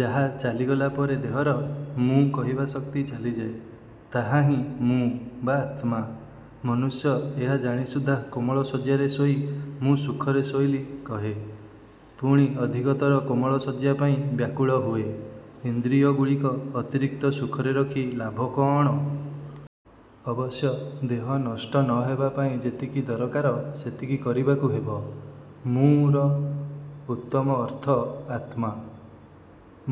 ଯାହା ଚାଲିଗଲାପରେ ଦେହର 'ମୁଁ' କହିବା ଶକ୍ତି ଚାଲିଯାଏ, ତାହା ହିଁ 'ମୁଁ' ବା ଆତ୍ମା। ମନୁଷ୍ୟ ଏହା ଜାଣି ସୁଦ୍ଧା କୋମଳ ଶଯ୍ୟାରେ ଶୋଇ "ମୁଁ ସୁଖରେ ଶୋଇଲି" କହେ, ପୁଣି ଅଧିକତର କୋମଳ ଶଯ୍ୟା ପାଇଁ ବ୍ୟାକୁଳ ହୁଏ। ଇନ୍ଦ୍ରିୟଗୁଡ଼ିକ ଅତିରିକ୍ତ ସୁଖରେ ରଖି ଲାଭ କଅଣ? ଅବଶ୍ୟ ଦେହ ନଷ୍ଟ ନ ହେବା ପାଇଁ ଯେତିକି ଦରକାର ସେତିକି କରିବାକୁ ହେବ। "ମୁଁ"ର ଉତ୍ତମ ଅର୍ଥ ଆତ୍ମା,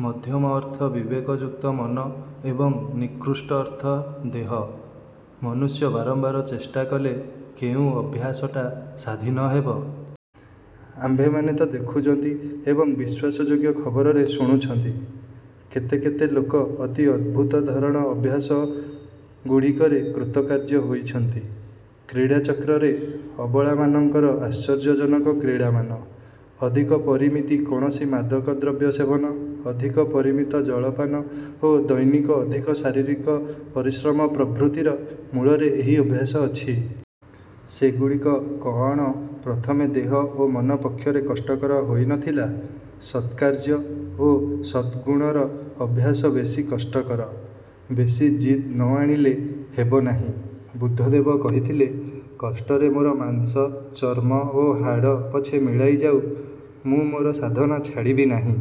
ମଧ୍ୟମ ଅର୍ଥ ବିବେକ ଯୁକ୍ତ ମନ ଏବଂ ନିକୃଷ୍ଟ ଅର୍ଥ ଦେହ। ମନୁଷ୍ୟ ବାରମ୍ବାର ଚେଷ୍ଟା କଲେ କେଉଁ ଅଭ୍ୟାସଟା ସାଧି ନ ହେବ? ଆମ୍ଭେମାନେ ତ ଦେଖୁଛନ୍ତି ଏବଂ ବିଶ୍ଵାସ ଯୋଗ୍ୟ ଖବରରେ ଶୁଣୁଛନ୍ତି, କେତେ କେତେ ଲୋକ ଅତି ଅଦ୍ଭୁତ ଧରଣ ଅଭ୍ୟାସଗୁଡ଼ିକରେ କୃତକାର୍ଯ୍ୟ ହୋଇଛନ୍ତି। କ୍ରୀଡ଼ା ଚକ୍ରରେ ଅବଳାମାନଙ୍କର ଆଶ୍ଚର୍ଯ୍ୟଜନକ କ୍ରୀଡ଼ାମାନ, ଅଧିକ ପରିମିତି କୌଣସି ମାଦକ ଦ୍ରବ୍ୟ ସେବନ, ଅଧିକ ପରିମିତ ଜଳପାନ ଓ ଦୈନିକ ଅଧିକ ଶାରୀରିକ ପରିଶ୍ରମ ପ୍ରଭୃତିର ମୂଳରେ ଏହି ଅଭ୍ୟାସ ଅଛି। ସେଗୁଡ଼ିକ କଅଣ ପ୍ରଥମେ ଦେହ ଓ ମନ ପକ୍ଷରେ କଷ୍ଟକର ହୋଇ ନ ଥିଲା? ସତ୍କାର୍ଯ୍ୟ ଓ ସତ୍ଗୁଣର ଅଭ୍ୟାସ ବେଶୀ। କଷ୍ଟକର। ବେଶୀ ଜିଦ୍ ନ ଆଣିଲେ ହେବ ନାହିଁ। ବୁଦ୍ଧଦେବ କହିଥିଲେ "କଷ୍ଟରେ ମୋର ମାଂସ, ଚର୍ମ ଓ ହାଡ଼ ପଛେ ମିଳାଇ ଯାଉ; ମୁଁ ମୋର ସାଧନା ଛାଡ଼ିବି ନାହିଁ।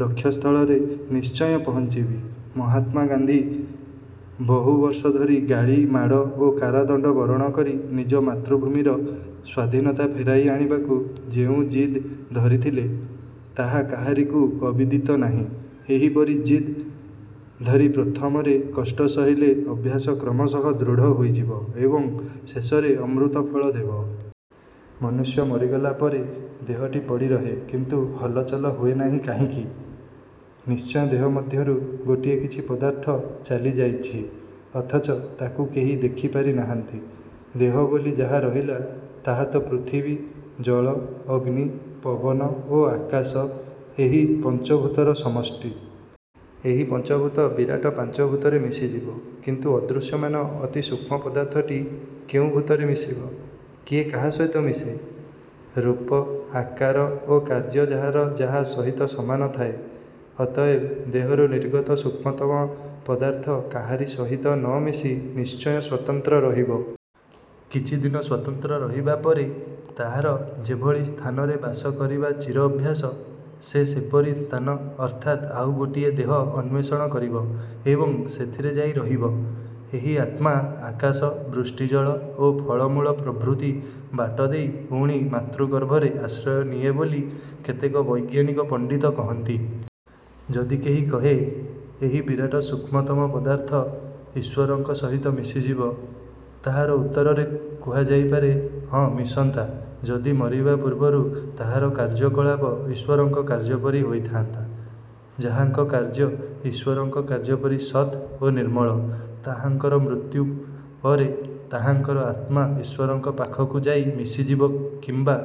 ଲକ୍ଷ୍ୟ ସ୍ଥଳରେ ନିଶ୍ଚୟ ପହଞ୍ଚିବି। " ମହାତ୍ମା ଗାନ୍ଧୀ ବହୁ ବର୍ଷ ଧରି ଗାଳି, ମାଡ଼ ଓ କାରାଦଣ୍ଡ ବରଣ କରି ନିଜ ମାତୃଭୂମିର ସ୍ଵାଧୀନତା ଫେରାଇ ଆଣିବାକୁ ଯେଉଁ ଜିଦ୍ ଧରିଥିଲେ, ତାହା କାହାରିକୁ ଅବିଦିତ ନାହିଁ। ଏହିପରି ଜିଦ୍ ଧରି ପ୍ରଥମରେ କଷ୍ଟ ସହିଲେ ଅଭ୍ୟାସ କ୍ରମଶଃ ଦୃଢ଼ ହୋଇଯିବ ଏବଂ ଶେଷରେ ଅମୃତଫଳ ଦେବ। ମନୁଷ୍ୟ ମରିଗଲା ପରେ ଦେହଟି ପଡ଼ିରହେ କିନ୍ତୁ ହଲଚଲ ହୁଏ ନାହିଁ କାହିଁକି? ନିଶ୍ଚୟ ଦେହ ମଧ୍ୟରୁ ଗୋଟିଏ କିଛି ପଦାର୍ଥ ଚାଲି ଯାଇଛି, ଅଥଚ ତାକୁ କେହି ଦେଖିପାରି ନାହାନ୍ତି-। ଦେହ ବୋଲି ଯାହା ରହିଲା ତାହାତ ପୃଥିବୀ, ଜଳ, ଅଗ୍ନି, ପବନ ଓ ଆକାଶ ଏହି ପଞ୍ଚଭୂତର ସମଷ୍ଟି। ଏହି ପଞ୍ଚଭୂତ ବିରାଟ ପାଞ୍ଚଭୂତରେ ମିଶିଯିବ। କିନ୍ତୁ ଅଦୃଶ୍ୟମାନ ଅତି ସୂକ୍ଷ୍ମ ପଦାର୍ଥଟି କେଉଁ ଭୂତରେ ମିଶିବ? କିଏ କାହା ସହିତ ମିଶେ-? ରୂପ, ଆକାର ଓ କାର୍ଯ୍ୟ ଯାହାର ଯାହା ସହିତ ସମାନ ଥାଏ। ଅତଏବ ଦେହରୁ ନିର୍ଗତ ସୂକ୍ଷ୍ମତମ ପଦାର୍ଥ କାହରି ସହିତ ନ ମିଶି ନିଶ୍ଚୟ ସ୍ଵତନ୍ତ୍ର ରହିବ। କିଛି ଦିନ ସ୍ଵତନ୍ତ୍ର ରହିବା ପରେ ତାହାର ଯେଭଳି ସ୍ଥାନରେ ବାସ କରିବା ଚିର ଅଭ୍ୟାସ, ସେ ସେପରି ସ୍ଥାନ ଅର୍ଥାତ୍ ଆଉ ଗୋଟିଏ ଦେହ ଅନ୍ଵେଷଣ କରିବ ଏବଂ ସେଥିରେ ଯାଇ ରହିବ। ଏହି ଆତ୍ମା ଆକାଶ, ବୃଷ୍ଟିଜଳ ଓ ଫଳମୂଳ ପ୍ରଭୃତି ବାଟ ଦେଇ ପୁଣି ମାତୃଗର୍ଭରେ ଆଶ୍ରୟ ନିଏ ବୋଲି କେତେକ ବୈଜ୍ଞାନିକ ପଣ୍ଡିତ କହନ୍ତି-। ଯଦି କେହି କହେ, ଏହି ବିରାଟ ସୂକ୍ଷ୍ମତମ ପଦାର୍ଥ ଈଶ୍ଵରଙ୍କ ସହିତ ମିଶିଯିବ। ତାହାର ଉତ୍ତରରେ କୁହାଯାଇ ପାରେ, ହଁ ମିଶନ୍ତା ଯଦି ମରିବା ପୂର୍ବରୁ ତାହାର କାର୍ଯ୍ୟକଳାପ ଈଶ୍ଵରଙ୍କ କାର୍ଯ୍ୟପରି ହୋଇଥାନ୍ତା। ଯାହାଙ୍କ କାର୍ଯ୍ୟ ଈଶ୍ଵରଙ୍କ କାର୍ଯ୍ୟପରି ସତ୍ ଓ ନିର୍ମଳ, ତାହାଙ୍କର ମୃତ୍ୟୁ ପରେ ତାହାଙ୍କର ଆତ୍ମା ଈଶ୍ଵରଙ୍କ ପାଖକୁ ଯାଇ ମିଶିଯିବ କିମ୍ବା